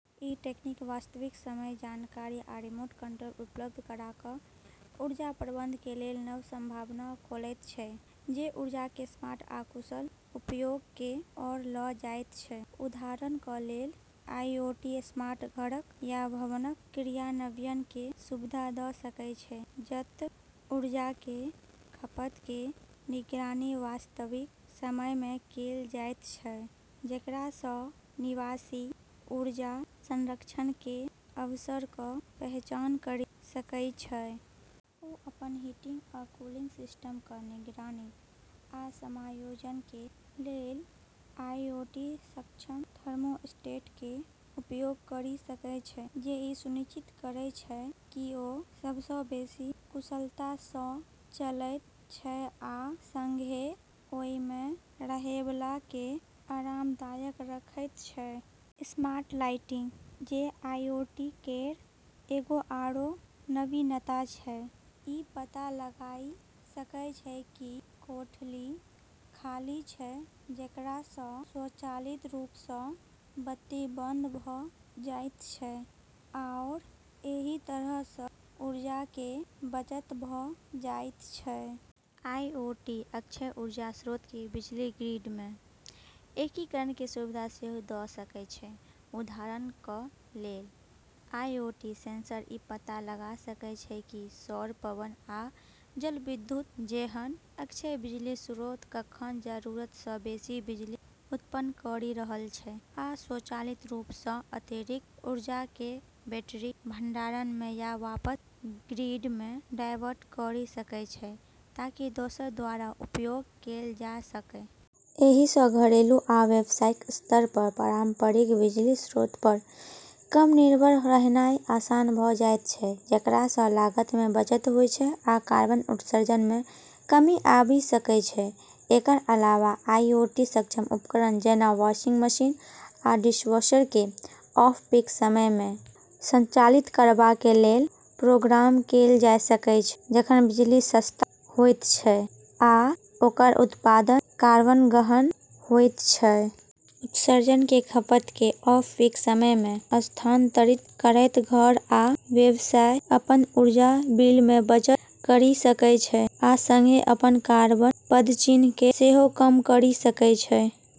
ई तकनीक वास्तविक समय जानकारी आ रिमोट कंट्रोल उपलब्ध करा क' ऊर्जा प्रबंधनके लेल नव संभावना खोलैत छै, जे ऊर्जाके स्मार्ट आ कुशल उपयोगके ओर ल' जाइत छै। उदाहरणक लेल, आईओटी "स्मार्ट" घरक या भवनक क्रियान्वयनके सुविधा द' सकय छै, जत' ऊर्जाके खपतके निगरानी वास्तविक समयमे कैल जाइत छै, जेकरासँ निवासी ऊर्जा संरक्षणके अवसरक पहचान करि सकय छै । ओ अपन हीटिंग आ कूलिंग सिस्टमक निगरानी आ समायोजनके लेल आईओटी-सक्षम थर्मोस्टेटके उपयोग करि सकय छै, जे ई सुनिश्चित करैत छै कि ओ सबसँ बेशी कुशलतासँ चलैत छै आ सङ्गहेँ ओइमे रहैबलाके आरामदायक रखैत छै । स्मार्ट लाइटिंग, जे आईओटी केर एगो आओर नवीनता छै, ई पता लगाइ सकै छै कि कोठली खाली छै, जेकरासँ स्वचालित रूपसँ बत्ती बंद भ' जाइत छै, आओर एहि तरहसँ ऊर्जाके बचत भ' जाइत छै। आईओटी अक्षय ऊर्जा स्रोतके बिजली ग्रिडमे एकीकरणके सुविधा सेहो द' सकय छै । उदाहरणक लेल, आईओटी सेंसर ई पता लगा सकय छै कि सौर, पवन, आ जलविद्युत जेहन अक्षय बिजली स्रोत कखन जरूरतसँ बेशी बिजली उत्पन्न करि रहल छै, आ स्वचालित रूपसँ अतिरिक्त ऊर्जाके बैटरी भंडारणमे या वापस ग्रिडमे डायवर्ट करि सकय छै ताकि दोसर द्वारा उपयोग कैल जा सकय । एहिसँ घरिलु आ व्यावसायिक स्तर पर पारंपरिक बिजली स्रोत पर कम निर्भर रहनाइ आसान भ' जाइत छै, जेकरासँ लागतमे बचत होइ छै आ कार्बन उत्सर्जनमे कमी आबि सकय छै। एकर अलावा, आईओटी-सक्षम उपकरण जेना वाशिंग मशीन आ डिशवॉशरके ऑफ-पीक समयमे संचालित करबाके लेल प्रोग्राम कैल जा सकय छै, जखन बिजली सस्ता होइत छै, आ ओकर उत्पादन कार्बन-गहन होइत छै। उत्सर्जनके खपतके ऑफ-पीक समयमे स्थानांतरित करैत घर आ व्यवसाय अपन ऊर्जा बिलमे बचत करि सकय छै आ सङ्गहेँ अपन कार्बन पदचिह्नके सेहो कम करि सकय छै।